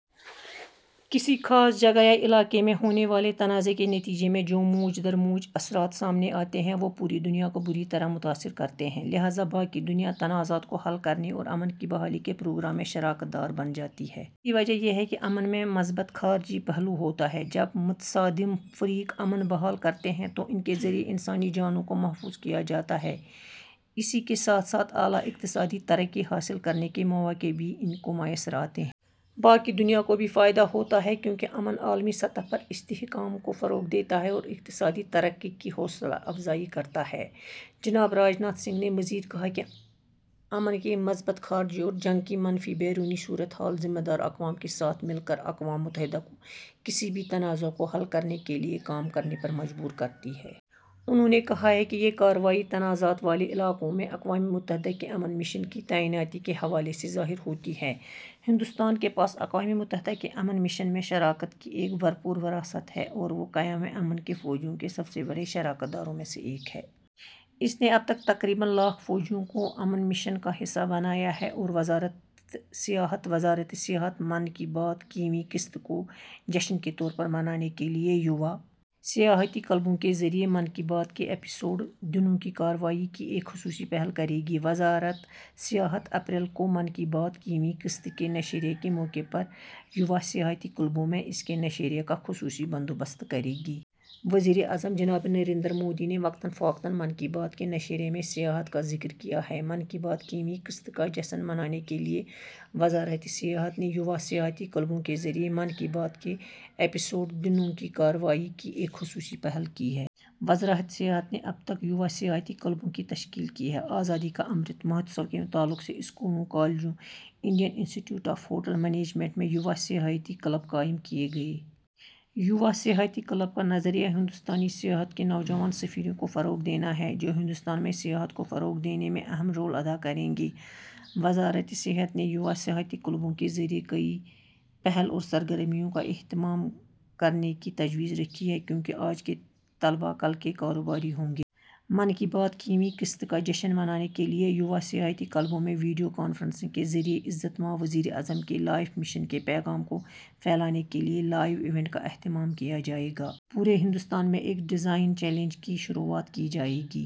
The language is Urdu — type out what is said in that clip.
کسی خاص جگہ یا علاقے میں ہونے والے تنازعے کے نتیجے میں جو موج درموج اثرات سامنے آتے ہیں وہ پوری دنیا کو بری طرح متاثر کرتے ہے۔ لہٰذا، باقی دنیا تنازعات کو حل کرنے اور امن کی بحالی کے پروگرام میں شراکت دار بن جاتی ہے۔ اس کی وجہ یہ ہے کہ امن میں مثبت خارجی پہلو ہوتا ہے۔ جب متصادم فریق امن بحال کرتے ہیں، تو ان کے ذریعے انسانی جانوں کو محفوظ کیاجاتا ہے، اسی کے ساتھ ساتھ اعلیٰ اقتصادی ترقی حاصل کرنے کے مواقع بھی ان کو میسر آتے ہیں۔ باقی دنیا کو بھی فائدہ ہوتا ہے کیونکہ امن عالمی سطح پر استحکام کو فروغ دیتا ہے اور اقتصادی ترقی کی حوصلہ افزائی کرتا ہے،'' ۔ جناب راجناتھ سنگھ نے مزید کہا کہ امن کی مثبت خارجی اور جنگ کی منفی بیرونی صورت حال ذمہ دار اقوام کے ساتھ مل کر اقوام متحدہ کو کسی بھی تنازع کو حل کرنے کے لیے کام کرنے پر مجبور کرتی ہے۔ انہوں نے کہا کہ یہ کارروائی تنازعات والے علاقوں میں اقوام متحدہ کے امن مشن کی تعیناتی کے حوالے سے ظاہر ہوتی ہے۔ ہندوستان کے پاس اقوام متحدہ کے امن مشن میں شراکت کی ایک بھرپور وراثت ہے اور وہ قیام امن کے فوجیوں کے سب سے بڑے شراکت داروں میں سے ایک ہے۔ اس نے اب تک تقریباً لاکھ فوجیوں کو امن مشن کا حصہ بنایا ہے،. وزارت سیاحت وزارت سیاحت من کی بات کی ویں قسط کو جشن کے طور پر منانے کے لئے یووا سیاحتی کلبوں کے ذریعہ ''من کی بات کے ایپی سوڈ دنوں کی کارروائی'' کی ایک خصوصی پہل کرے گی وزارت سیاحت اپریل کو'من کی بات' کی ویں قسط کے نشریہ کے موقع پر یووا سیاحتی کلبوں میں اس کے نشریہ کا خصوصی بندوبست کرے گی۔ وزیر اعظم جناب نریندر مودی نے وقتاً فوقتاً 'من کی بات' کے نشریہ میں سیاحت کا ذکر کیا ہے۔ من کی بات کی ویں قسط کا جشن منانے کے لیے، وزارت سیاحت نے یووا سیاحتی کلبوں کے ذریعہ '' من کی بات '' کے ایپیسوڈ- دنوں کی کارروائی '' کی ایک خصوصی پہل کی ہے۔ وزارت سیاحت نے اب تک یووا سیاحتی کلبوں کی تشکیل کی ہے ۔ آزادی کا امرت مہوتسو کے تعلق سے اسکولوں، کالجوں، Indian institute of hotel management میں یووا سیاحتی کلب قائم کیے گئے۔ یووا سیاحتی کلب کا نظریہ ہندوستانی سیاحت کے نوجوان سفیروں کو فروغ دینا ہے ، جو ہندوستان میں سیاحت کو فروغ دینے میں اہم رول ادا کریں گے۔ وزارت سیاحت نے یووا سیاحتی کلبوں کے ذریعہ کئی پہل اور سرگرمیوں کا اہتمام کرنے کی تجویز رکھی ہے، کیونکہ آج کے طلباء کل کے کاروباری ہوں گے۔ من کی بات کی ویں قسط کا جشن منانے کے لیے، یووا سیاحتی کلبوں میں ویڈیو کانفرنسنگ کے ذریعے عزت مآب وزیر اعظم کے لائف مشن کے پیغام کو پھیلانے کے لیے لائیو ایونٹ کا اہتمام کیا جائے گا ۔ پورے ہندوستان میں ایک ڈیزائن چیلنج کی شروعات کی جائے گی ۔